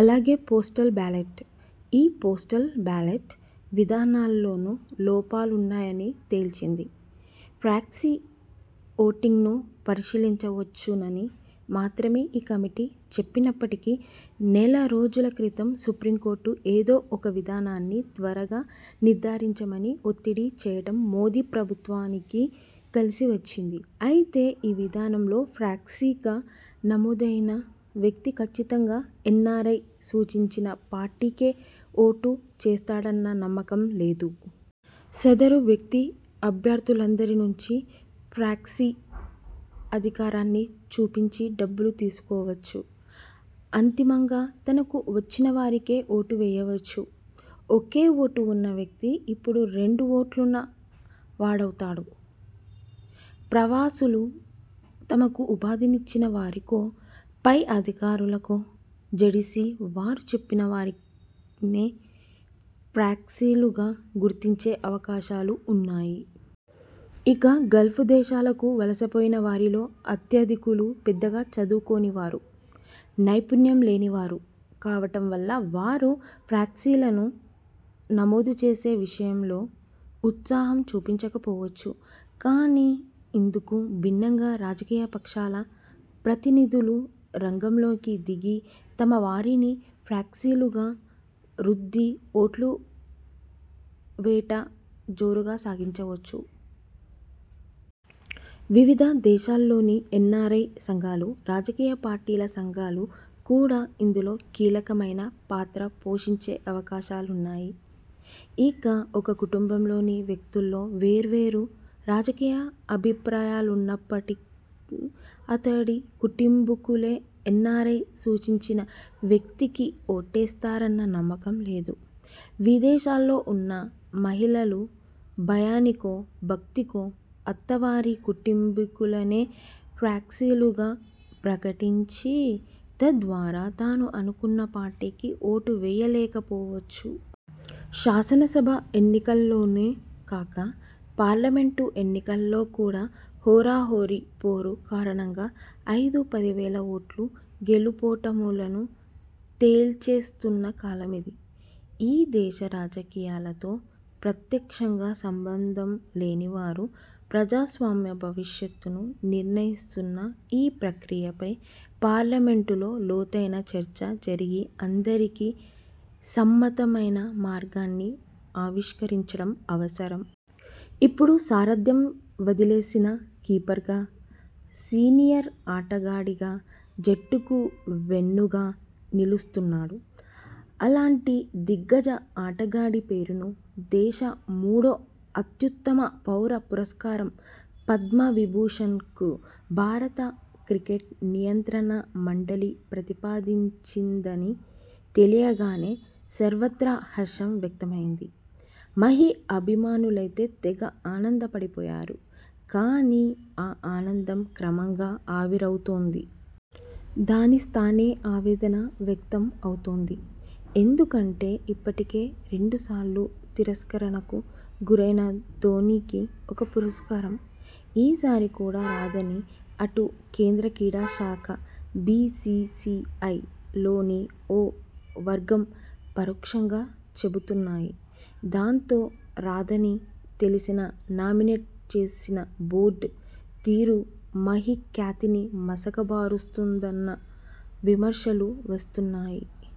అలాగే, postal ballot, e postal ballot విధానాల్లోనూ లోపాలున్నాయని తేల్చింది. ప్రాక్సీ ఓటింగ్ను పరిశీలించవచ్చునని మాత్రమే ఈ కమిటీ చెప్పినప్పటికీ, నెలరోజుల క్రితం సుప్రీంకోర్టు ఏదో ఒక విధానాన్ని త్వరగా నిర్థారించమని ఒత్తిడిచేయడం మోదీ ప్రభుత్వానికి కలిసివచ్చింది. అయితే, ఈ విధానంలో ప్రాక్సీగా నమోదైన వ్యక్తి కచ్చితంగా ఎన్నారై సూచించిన పార్టీకే ఓటుచేస్తాడన్న నమ్మకం లేదు. సదరు వ్యక్తి అభ్యర్థులందరినుంచీ ప్రాక్సీ అధికారాన్ని చూపించి డబ్బులు తీసుకోవచ్చు, అంతిమంగా తనకు నచ్చినవారికే ఓటువేయవచ్చు. ఒకే ఓటు వున్న వ్యక్తి ఇప్పుడు రెండు ఓట్లున్న వాడవుతాడు. ప్రవాసులు తమకు ఉపాధినిచ్చిన వారికో, పై అధికారులకో జడిసి వారు చెప్పిన వారినే ప్రాక్సీలుగా గుర్తించే అవకాశాలూ ఉన్నాయి. ఇక గల్ఫ్ దేశాలకు వలసపోయిన వారిలో అత్యధికులు పెద్దగా చదువుకోనివారు, నైపుణ్యంలేని వారు కావడం వల్ల వారు 'ప్రాక్సీ'లను నమోదు చేసే విషయంలో ఉత్సాహం చూపించకపోవచ్చు. కానీ, ఇందుకు భిన్నంగా రాజకీయపక్షాల ప్రతినిధులు రంగంలోకి దిగి తమవారిని ప్రాక్సీలుగా రుద్ది ఓట్ల వేట జోరుగా సాగించవచ్చు. వివిధ దేశాల్లోని ఎన్నారై సంఘాలు, రాజకీయపార్టీల సంఘాలు కూడా ఇందులో కీలకమైన పాత్ర పోషించే అవకాశాలున్నాయి. ఇక, ఒక కుటుంబంలోని వ్యక్తుల్లో వేర్వేరు రాజకీయ అభిప్రాయాలున్నప్పుడు అతడి కుటుంబీకులే ఎన్నారై సూచించిన వ్యక్తికి ఓటేస్తారన్న నమ్మకం లేదు. విదేశాల్లో ఉన్న మహిళలు భయానికో, భక్తికో అత్తవారి కుటుంబీకులనే ప్రాక్సీలుగా ప్రకటించి తద్వారా తాను అనుకున్న పార్టీకి ఓటువేయలేకపోవచ్చు. శాసనసభ ఎన్నికల్లోనే కాక, పార్లమెంటు ఎన్నికల్లో కూడా హోరాహోరీ పోరు కారణంగా ఐదుపదివేల ఓట్లు గెలుపోటములను తేల్చేస్తున్న కాలమిది. ఈ దేశ రాజకీయాలతో ప్రత్యక్షంగా సంబంధం లేనివారు ప్రజాస్వామ్య భవిష్యత్తును నిర్ణయిస్తున్న ఈ ప్రక్రియపై పార్లమెంటులో లోతైన చర్చ జరిగి అందరికీ సమ్మతమైన మార్గాన్ని ఆవిష్కరించడం అవసరం. ఇప్పుడు సారథ్యం వదిలేసినా కీపర్గా, సీనియర్ ఆటగాడిగా జట్టుకు వెన్నుగా నిలుస్తున్నాడు. అలాంటి దిగ్గజ ఆటగాడి పేరును దేశ మూడో అత్యుత్తమ పౌర పురస్కారం పద్మవిభూషణ్కు భారత క్రికెట్ నియంత్రణ మండలి ప్రతిపాదించిందని తెలియగానే సర్వత్రా హర్షం వ్యక్తమైంది. మహీ అభిమానులైతే తెగ ఆనందపడిపోయారు. కానీ, ఆ ఆనందం క్రమంగా ఆవిరవుతోంది. దాని స్థానే ఆవేదనా వ్యక్తం అవుతోంది. ఎందుకంటే ఇప్పటికే రెండుసార్లు తిరస్కరణకు గురైన ధోనీకి ఈ పురస్కారం ఈ సారి కూడా రాదని అటు కేంద్ర క్రీడా శాఖ బీసీసీఐలోని ఓ వర్గం పరోక్షంగా చెబుతున్నాయి. దాంతో, రాదని తెలిసినా నామినేట్ చేసిన బోర్డు తీరు మహీ ఖ్యాతిని మసకబారుస్తోందన్న విమర్శలు వస్తున్నాయి.